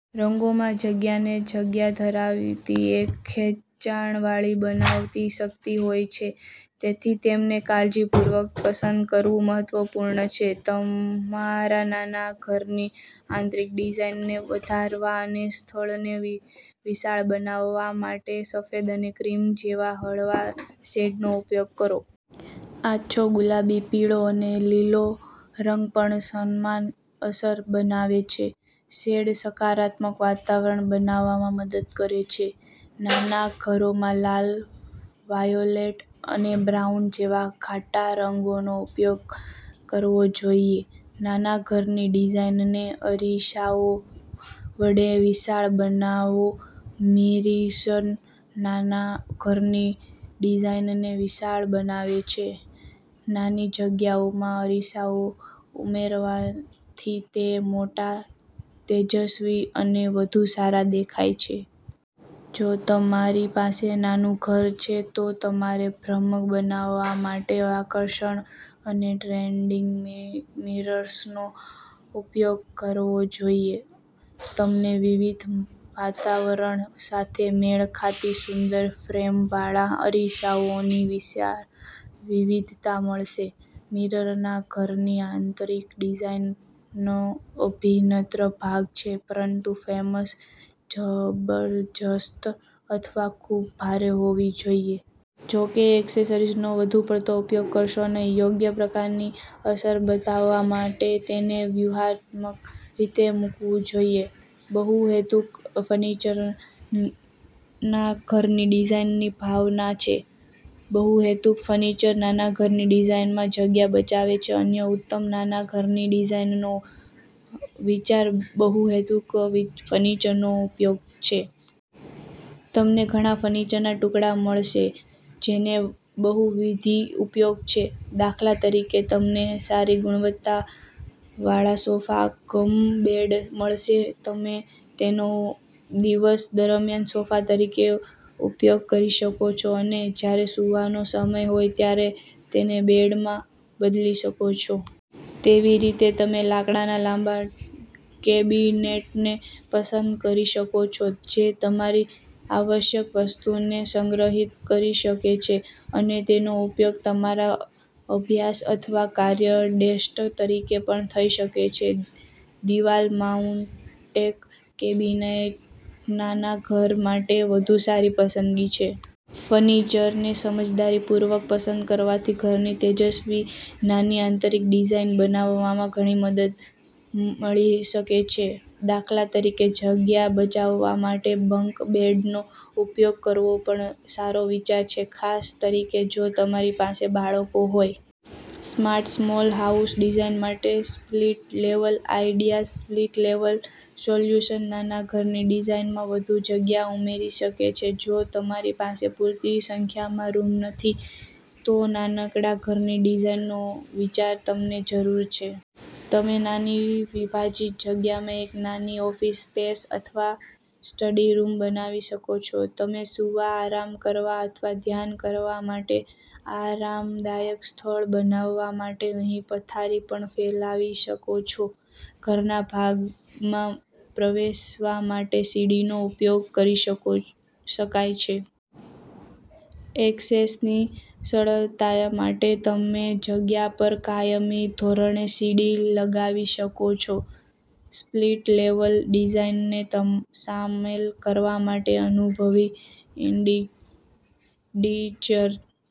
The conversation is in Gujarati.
રંગોમાં જગ્યાને જગ્યા ધરાવતી કે ખેંચાણવાળી બનાવવાની શક્તિ હોય છે. તેથી, તેમને કાળજીપૂર્વક પસંદ કરવું મહત્વપૂર્ણ છે. તમારા નાના ઘરની આંતરિક ડિઝાઇનને વધારવા અને સ્થળને વિશાળ બનાવવા માટે, સફેદ અને ક્રીમ જેવા હળવા શેડ્સનો ઉપયોગ કરો. આછો ગુલાબી, પીળો અને લીલો રંગ પણ સમાન અસર બનાવે છે. શેડ્સ સકારાત્મક વાતાવરણ બનાવવામાં મદદ કરે છે. નાના ઘરોમાં લાલ, વાયોલેટ અને બ્રાઉન જેવા ઘાટા રંગોનો ઉપયોગકરવો જોઈએ. નાના ઘરની ડિઝાઇનને અરીસાઓ વડે વિશાળ બનાવોમિરર્સ નાના ઘરની ડિઝાઇનને વિશાળ બનાવે છે નાની જગ્યાઓમાં અરીસાઓ ઉમેરવાથી તે મોટા, તેજસ્વી અને વધુ સારા દેખાય છે. જો તમારી પાસે નાનું ઘર છે, તો તમારેભ્રમ બનાવવા માટે આકર્ષક અને ટ્રેન્ડી મિરર્સનો ઉપયોગ કરવો જોઈએ. તમને વિવિધ વાતાવરણ સાથે મેળ ખાતી સુંદર ફ્રેમવાળા અરીસાઓની વિશાળ વિવિધતા મળશે. મિરર્સનાના ઘરની આંતરિક ડિઝાઇનનો અભિન્ન ભાગ છે, પરંતુ ફ્રેમ્સ જબરજસ્ત અથવા ખૂબ ભારેહોવી જોઈએ. જો કે, એક્સેસરીનો વધુ પડતો ઉપયોગ કરશો નહીં. યોગ્ય પ્રકારની અસર બતાવવા માટે તેને વ્યૂહાત્મક રીતે મૂકવું જોઈએ. બહુહેતુક ફર્નિચરનાના ઘરની ડિઝાઇનની ભાવના છે બહુહેતુક ફર્નિચર નાના ઘરની ડિઝાઇનમાં જગ્યા બચાવે છે અન્ય ઉત્તમ નાના ઘરની ડિઝાઇનનો વિચારબહુહેતુક ફર્નિચરનો ઉપયોગ છે. તમને ઘણા ફર્નિચરના ટુકડા મળશે જેનો બહુવિધ ઉપયોગો છે. દાખલા તરીકે, તમને સારી ગુણવત્તાવાળા સોફા કમ બેડ મળશે. તમે તેનો દિવસ દરમિયાન સોફા તરીકે ઉપયોગ કરી શકો છો અને જ્યારે સૂવાનો સમય હોય ત્યારે તેને બેડમાં બદલી શકો છો. તેવીરીતે, તમે લાકડાના લાંબા કેબિનેટને પસંદ કરી શકો છો જે તમારી આવશ્યક વસ્તુઓને સંગ્રહિત કરી શકે છે અને તેનો ઉપયોગ તમારા અભ્યાસ અથવા કાર્ય ડેસ્ક તરીકે પણ થઈ શકે છે. દિવાલ-માઉન્ટેડ કેબિનેટનાના ઘર માટે વધુ સારી પસંદગી છે. ફર્નિચરને સમજદારીપૂર્વક પસંદ કરવાથી ઘરની તેજસ્વી નાની આંતરિક ડિઝાઇન બનાવવામાં ઘણી મદદ મળી શકે છે. દાખલા તરીકે, જગ્યા બચાવવા માટે બંક બેડનો ઉપયોગ કરવોપણ સારો વિચાર છે, ખાસ કરીને જો તમારી પાસે બાળકો હોય. સ્માર્ટ સ્મોલ હાઉસ ડિઝાઇન માટે split level idea split level solutions નાના ઘરની ડિઝાઇનમાં વધુ જગ્યા ઉમેરી શકે છે જો તમારી પાસે પૂરતી સંખ્યામાં રૂમ નથી, તોનાનકડા ઘરની ડિઝાઇનનો વિચાર તમને જરૂર છે. તમે નાની વિભાજીત જગ્યામાં એક નાની ઓફિસ સ્પેસ અથવા સ્ટડી રૂમ બનાવી શકો છો. તમે સૂવા, આરામ કરવા અથવા ધ્યાન કરવા માટે આરામદાયક સ્થળ બનાવવા માટે અહીં પથારી પણ ફેલાવી શકો છો. ઘરનાભાગમાં પ્રવેશવા માટે સીડીનો ઉપયોગ કરી શકો શકાય છે. ઍક્સેસની સરળતા માટે તમેજગ્યા પર કાયમી ધોરણે સીડી લગાવી શકો છો. સ્પ્લિટ-લેવલ ડિઝાઇનને સામેલ કરવા માટે અનુભવી ઇન્ડિટિચર